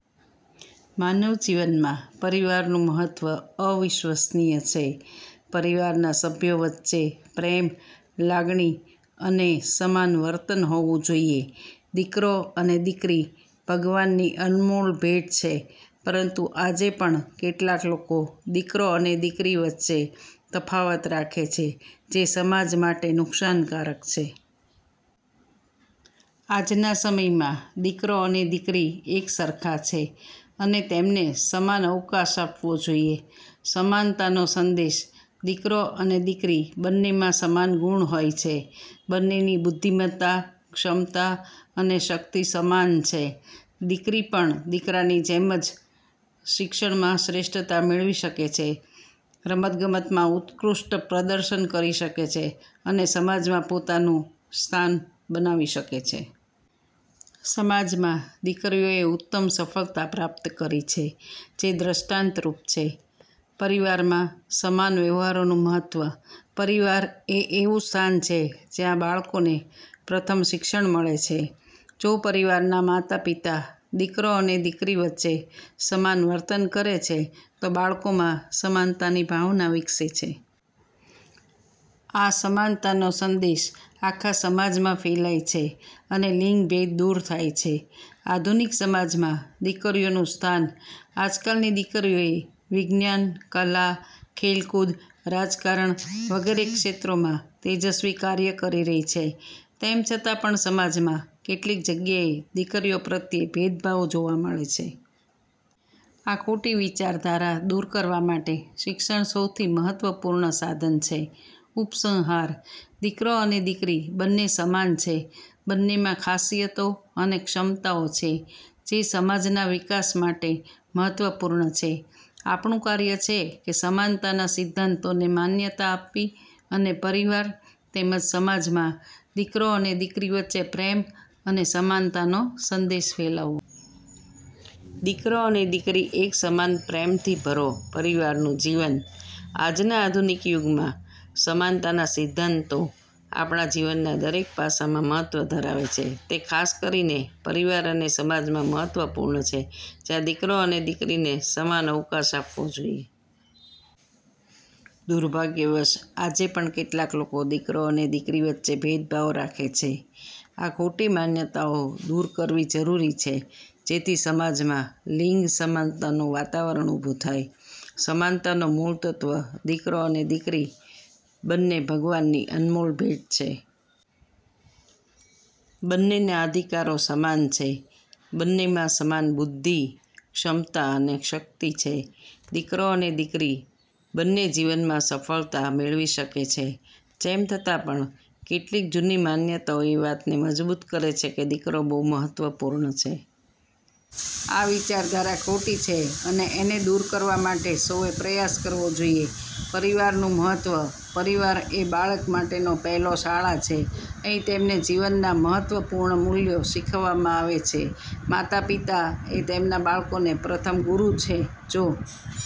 માનવ જીવનમાં પરિવારનું મહત્વ અવિશ્વસનીય છે. પરિવારના સભ્યો વચ્ચે પ્રેમ, લાગણી અને સમાન વર્તન હોવું જોઈએ. દીકરો અને દીકરી બંને ભગવાનની અનમોલ ભેટ છે. પરંતુ આજે પણ કેટલાક લોકો દીકરો અને દીકરી વચ્ચે તફાવત રાખે છે, જે સમાજ માટે નુકસાનકારક છે. આજના સમયમાં દીકરો અને દીકરી એકસરખા છે, અને તેમને સમાન અવકાશ આપવો જોઈએ. સમાનતાનો સંદેશ દીકરો અને દીકરી બંનેમાં સમાન ગુણ હોય છે. બંનેની બુદ્ધિમત્તા, ક્ષમતા અને શક્તિ સમાન છે. દીકરી પણ દીકરાની જેમ શિક્ષણમાં શ્રેષ્ઠતા મેળવી શકે છે, રમતગમતમાં ઉત્કૃષ્ટ પ્રદર્શન કરી શકે છે અને સમાજમાં પોતાનું સ્થાન બનાવી શકે છે. સમાજમાં દીકરીઓએ ઉત્તમ સફળતા પ્રાપ્ત કરી છે, જે દ્રષ્ટાંતરૂપ છે. પરિવારમાં સમાન વ્યવહારનું મહત્વ પરિવાર એ એવું સ્થાન છે જ્યાં બાળકોને પ્રથમ શિક્ષણ મળે છે. જો પરિવારના માતા-પિતા દીકરો અને દીકરી વચ્ચે સમાન વર્તન કરે છે, તો બાળકોમાં સમાનતાની ભાવના વિકસે છે. આ સમાનતાનો સંદેશ આખા સમાજમાં ફેલાય છે અને લિંગભેદ દૂર થાય છે. આધુનિક સમાજમાં દીકરીઓનું સ્થાન આજકાલની દીકરીઓ એ વિજ્ઞાન, કલા, ખેલકૂદ, રાજકારણ વગેરે ક્ષેત્રોમાં તેજસ્વી કાર્ય કરી રહી છે. તેમ છતાં પણ, સમાજમાં કેટલીક જગ્યાએ દીકરીઓ પ્રત્યે ભેદભાવ જોવા મળે છે. આ ખોટી વિચારધારા દૂર કરવા માટે શિક્ષણ સૌથી મહત્વપૂર્ણ સાધન છે. ઉપસંહાર દીકરો અને દીકરી બંને સમાન છે. બંનેમાં ખાસિયતો અને ક્ષમતાઓ છે, જે સમાજના વિકાસ માટે મહત્વપૂર્ણ છે. આપણું કાર્ય છે કે સમાનતા ના સિદ્ધાંતોને માન્યતા આપવી અને પરિવાર તેમજ સમાજમાં દીકરો અને દીકરી વચ્ચે પ્રેમ અને સમાનતાનો સંદેશ ફેલાવવો. "દીકરો દીકરી એક સમાન, પ્રેમથી ભરો પરિવારનું જીવન" આજના આધુનિક યુગમાં સમાનતાના સિદ્ધાંતો આપણા જીવનના દરેક પાસામાં મહત્વ ધરાવે છે. તે ખાસ કરીને પરિવાર અને સમાજમાં મહત્વપૂર્ણ છે, જ્યાં દીકરો અને દીકરીને સમાન અવકાશ આપવો જોઈએ. દુર્ભાગ્યવશ, આજે પણ કેટલાક લોકો દીકરો અને દીકરી વચ્ચે ભેદભાવ રાખે છે. આ ખોટી માન્યતાઓ દૂર કરવી જરૂરી છે જેથી સમાજમાં લિંગ સમાનતાનું વાતાવરણ ઉભું થાય. સમાનતાનો મૂળ તત્વ દીકરો અને દીકરી બંને ભગવાનની અનમોલ ભેટ છે. બંનેના અધિકારો સમાન છે, બંનેમાં સમાન બુદ્ધિ, ક્ષમતા અને શક્તિ છે. દીકરો અને દીકરી બંને જીવનમાં સફળતા મેળવી શકે છે. તેમ છતાં પણ, કેટલીક જૂની માન્યતાઓ એ વાતને મજબૂત કરે છે કે દીકરો વધુ મહત્વપૂર્ણ છે. આ વિચારધારા ખોટી છે અને એને દૂર કરવા માટે સૌએ પ્રયાસ કરવો જોઈએ. પરિવારનું મહત્વ પરિવાર એ બાળક માટેનો પહેલો શાળા છે. અહીં તેમને જીવનના મહત્વપૂર્ણ મૂલ્યો શીખવામાં આવે છે. માતા-પિતા એ તેમના બાળકોના પ્રથમ ગુરુ છે. જો